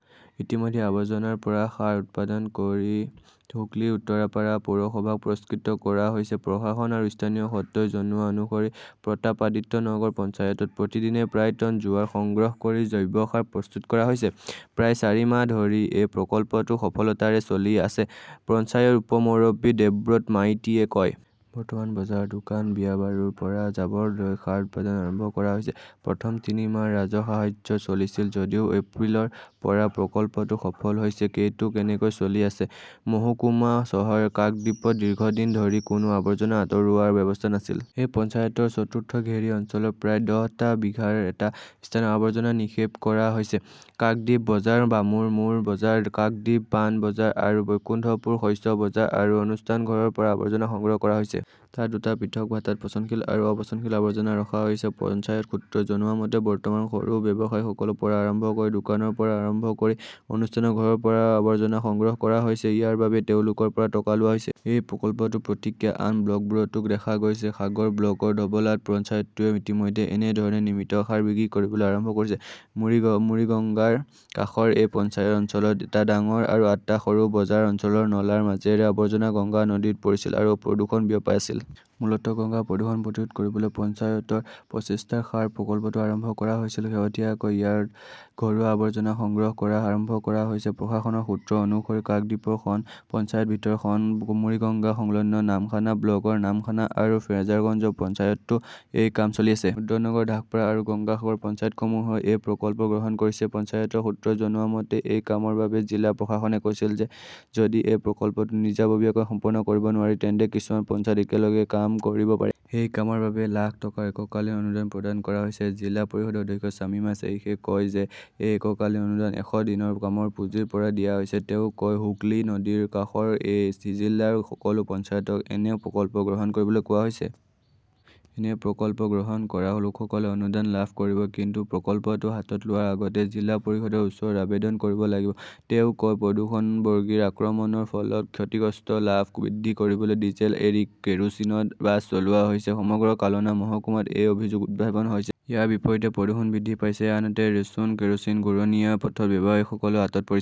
ইতিমধ্যে আবৰ্জনাৰ পৰা সাৰ উৎপাদন কৰি হুগলীৰ উত্তৰপাৰা পৌৰসভাক পুৰস্কৃত কৰা হৈছে। প্ৰশাসন আৰু স্থানীয় সূত্ৰই জনোৱা অনুসৰি প্ৰতাপাদিত্যনগৰ পঞ্চায়তত প্ৰতিদিনে প্ৰায় টন জোৱাৰ সংগ্ৰহ কৰি জৈৱ সাৰ প্ৰস্তুত কৰা হৈছে। প্ৰায় চাৰি মাহ ধৰি এই প্ৰকল্পটো সফলতাৰে চলি আছে, পঞ্চায়তৰ উপ-মুৰব্বী দেবব্ৰত মাইতীয়ে কয়। বৰ্তমান বজাৰৰ দোকান, বিয়াবাৰুৰ পৰা জাবৰ লৈ সাৰ উৎপাদন আৰম্ভ কৰা হৈছে। প্ৰথম তিনি মাহ ৰাজসাহায্যত চলিছিল যদিও এপ্ৰিলৰ পৰা প্ৰকল্পটো সফল হৈছে। এইটো কেনেকৈ চলি আছে? মহকুমা চহৰ কাকদ্বীপত দীৰ্ঘদিন ধৰি কোনো আৱৰ্জনা আঁতৰোৱাৰ ব্যৱস্থা নাছিল। এই পঞ্চায়তৰ চতুৰ্থ ঘেৰি অঞ্চলত প্ৰায় দহ টা বিঘাৰ এটা স্থানত আৱৰ্জনা নিক্ষেপ কৰা হৈছে। কাক্দীপ বজাৰ, বামুৰ মোৰ মোৰ বজাৰ, কাক্দীপ পান বজাৰ আৰু বৈকুণ্ঠপুৰ শস্য বজাৰ আৰু অনুষ্ঠান ঘৰৰ পৰা আৱৰ্জনা সংগ্ৰহ কৰা হৈছে। তাত দুটা পৃথক ভাটাত পচনশীল আৰু অপচনশীল আৱৰ্জনা ৰখা হৈছে। পঞ্চায়তৰ সূত্ৰই জনোৱা মতে, বৰ্তমান সৰু ব্যৱসায়ীসকলৰ পৰা আৰম্ভ কৰি দোকানৰ পৰা আৰম্ভ কৰি অনুষ্ঠানৰ ঘৰৰ পৰা আৱৰ্জনা সংগ্ৰহ কৰা হৈছে। ইয়াৰ বাবে তেওঁলোকৰ পৰা টকা লোৱা হৈছে। এই প্ৰকল্পটোৰ প্ৰতিক্ৰিয়া আন ব্লকবোৰতো দেখা গৈছে। সাগৰ ব্লকৰ ধবলাত পঞ্চায়তটোৱেও ইতিমধ্যে একে ধৰণে নিৰ্মিত সাৰ বিক্ৰী কৰিবলৈ আৰম্ভ কৰিছে। মুৰিগ মুৰিগঙ্গাৰ কাষৰ এই পঞ্চায়ত অঞ্চলত এটা ডাঙৰ আৰু আঠটা সৰু বজাৰ অঞ্চলৰ নলাৰ মাজেৰে আৱৰ্জনা গংগা নদীত পৰিছিল আৰু প্ৰদূষণ বিয়পাই আছিল। মূলতঃ গংগা প্ৰদূষণ প্ৰতিৰোধ কৰিবলৈ পঞ্চায়তৰ প্ৰচেষ্টাত সাৰ প্ৰকল্পটো আৰম্ভ কৰা হৈছিল। শেহতীয়াকৈ ইয়াত ঘৰুৱা আৱৰ্জনা সংগ্ৰহ কৰা আৰম্ভ কৰা হৈছে। প্ৰশাসনৰ সূত্ৰ অনুসৰি কাকদ্বীপৰ খন পঞ্চায়তৰ ভিতৰত খন মুৰিগঙ্গা-সংলগ্ন। নামখানা ব্লকৰ নামখানা আৰু ফ্ৰেজাৰগঞ্জ পঞ্চায়ততো এই কাম চলি আছে। ৰুদ্ৰনগৰ, ধাসপাৰা আৰু গংগা সাগৰ পঞ্চায়তসমূহেও এই প্ৰকল্প গ্ৰহণ কৰিছে। পঞ্চায়তৰ সূত্ৰই জনোৱা মতে, এই কামৰ বাবে জিলা প্ৰশাসনে কৈছিল যে যদি এই প্ৰকল্পটো নিজাববীয়াকৈ সম্পন্ন কৰিব নোৱাৰি তেন্তে কিছুমান পঞ্চায়ত একেলগে কাম কৰিব পাৰে। এই কামৰ বাবে লাখ টকাৰ এককালীন অনুদান প্ৰদান কৰা হৈছে। জিলা পৰিষদৰ অধ্যক্ষ শ্বামিমা শ্বেইখে কয় যে এই এককালীন অনুদান এশ দিনৰ কামৰ পুঁজিৰ পৰা দিয়া হৈছে। তেওঁ কয়, হুগলী নদীৰ কাষৰ এই জিলাৰ সকলো পঞ্চায়তক এনে প্ৰকল্প গ্ৰহণ কৰিবলৈ কোৱা হৈছে। এনে প্ৰকল্প গ্ৰহণ কৰা লোকসকলে অনুদান লাভ কৰিব। কিন্তু প্ৰকল্পটো হাতত লোৱাৰ আগতে জিলা পৰিষদৰ ওচৰত আবেদন কৰিব লাগিব, তেওঁ কয়। প্ৰদূষণ-বৰ্গীৰ আক্ৰমণৰ ফলত ক্ষতিগ্ৰস্ত লাভ বৃদ্ধি কৰিবলৈ ডিজেল এৰি কেৰোচিনত বাছ চলোৱা হৈছে-সমগ্ৰ কালনা মহকুমাত এই অভিযোগ উদ্ভাৱন হৈছে। ইয়াৰ বিপৰীতে প্ৰদূষণ বৃদ্ধি পাইছে, আনহাতে ৰেচন কেৰোচিন ঘূৰণীয়া পথত ব্যৱসায়ীসকলৰ হাতত পৰিছে।